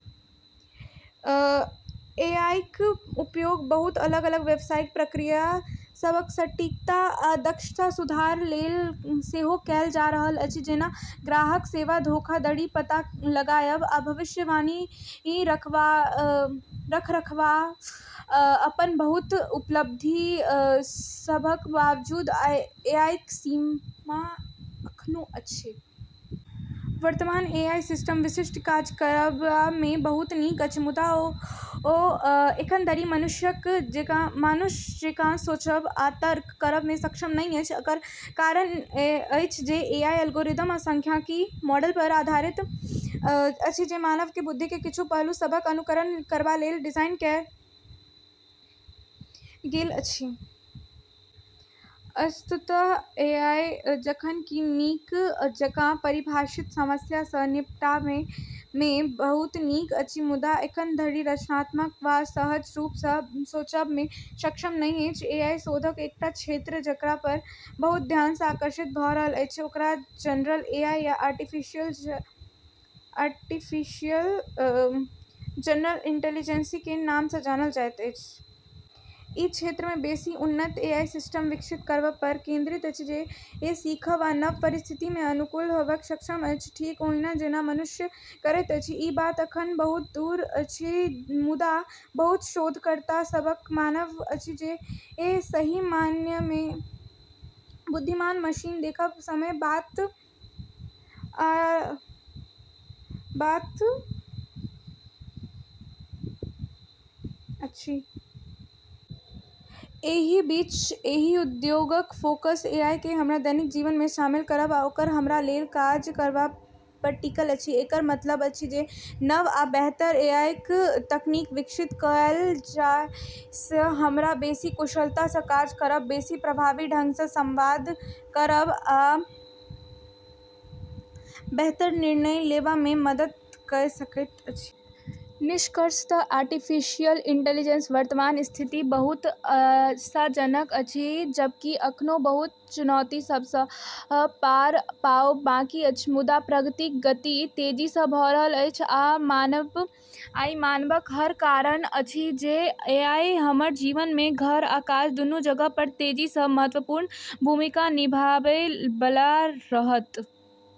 एआईक उपयोग बहुत अलग-अलग व्यवसायिक प्रक्रिया सभक सटीकता आ दक्षतामे सुधारक लेल सेहो कएल जा रहल अछि, जेना ग्राहक सेवा, धोखाधड़ीक पता लगाबएब, आ भविष्यवाणी रखरखाव। अपन बहुत उपलब्धि सभक बावजूद एआईक सीमा अखनो अछि। वर्तमान एआई सिस्टम विशिष्ट काज करबामे बहुत नीक अछि, मुदा ओ एखनधरि मानुष जकाँ सोचब आ तर्क करबामे सक्षम नहि अछि। एकर कारण ई अछि जे एआई एल्गोरिदम आ सांख्यिकीय मॉडलपर आधारित अछि जे मानव बुद्धिक किछु पहलू सभक अनुकरण करबालेल डिजाइन कएल गेल अछि। अस्तु, एआई जखन कि नीक जकाँ परिभाषित समस्या सँ निपटबामे बहुत नीक अछि, मुदा एखनधरि रचनात्मक वा सहज रूपसँ सोचबामे सक्षम नहि अछि। एआई शोधक एकटा क्षेत्र जेकरापर बहुत ध्यान आकर्षित भऽ रहल अछि, ओकरा "जनरल एआई" या "आर्टिफिशियल जनरल इंटेलिजेंस" क नामसँ जानल जाइत अछि। ई क्षेत्र बेसी उन्नत एआई सिस्टम विकसित करबपर केंद्रित अछि जे सीखब आ नव परिस्थिति मे अनुकूल हेबामे सक्षम अछि, ठीक ओहिना जेना मनुष्य करैत अछि। ई बात अखन बहुत दूर अछि, मुदा बहुत शोधकर्ता सभक मानब अछि जे सही मायनेमे बुद्धिमान मशीन देखब समयक बात अछि। एहि बीच एहि उद्योगक फोकस एआईकेँ हमर दैनिक जीवनमे शामिल करब आ ओकरा हमरालेल काज करबपर टिकल अछि। एकर मतलब अछि जे नव आ बेहतर एआई तकनीक विकसित कएल जाए जे हमरा बेसी कुशलतासँ काज करब, बेसी प्रभावी ढंगसँ संवाद करब आ बेहतर निर्णय लेबामे मदद कइ सकैत अछि। निष्कर्षतः आर्टिफिशियल इंटेलिजेंसक वर्तमान स्थिति बहुत आशाजनक अछि। जबकि अखनो बहुत चुनौती सभसँ पार पाओब बाँकी अछि, मुदा प्रगतिक गति तेजीसँ भऽ रहल अछि, आ ई मानबाक हर कारण अछि जे एआई हमर जीवनमे घर आ काज दुनू जगहपर तेजीसँ महत्वपूर्ण भूमिका निभबै बला रहत।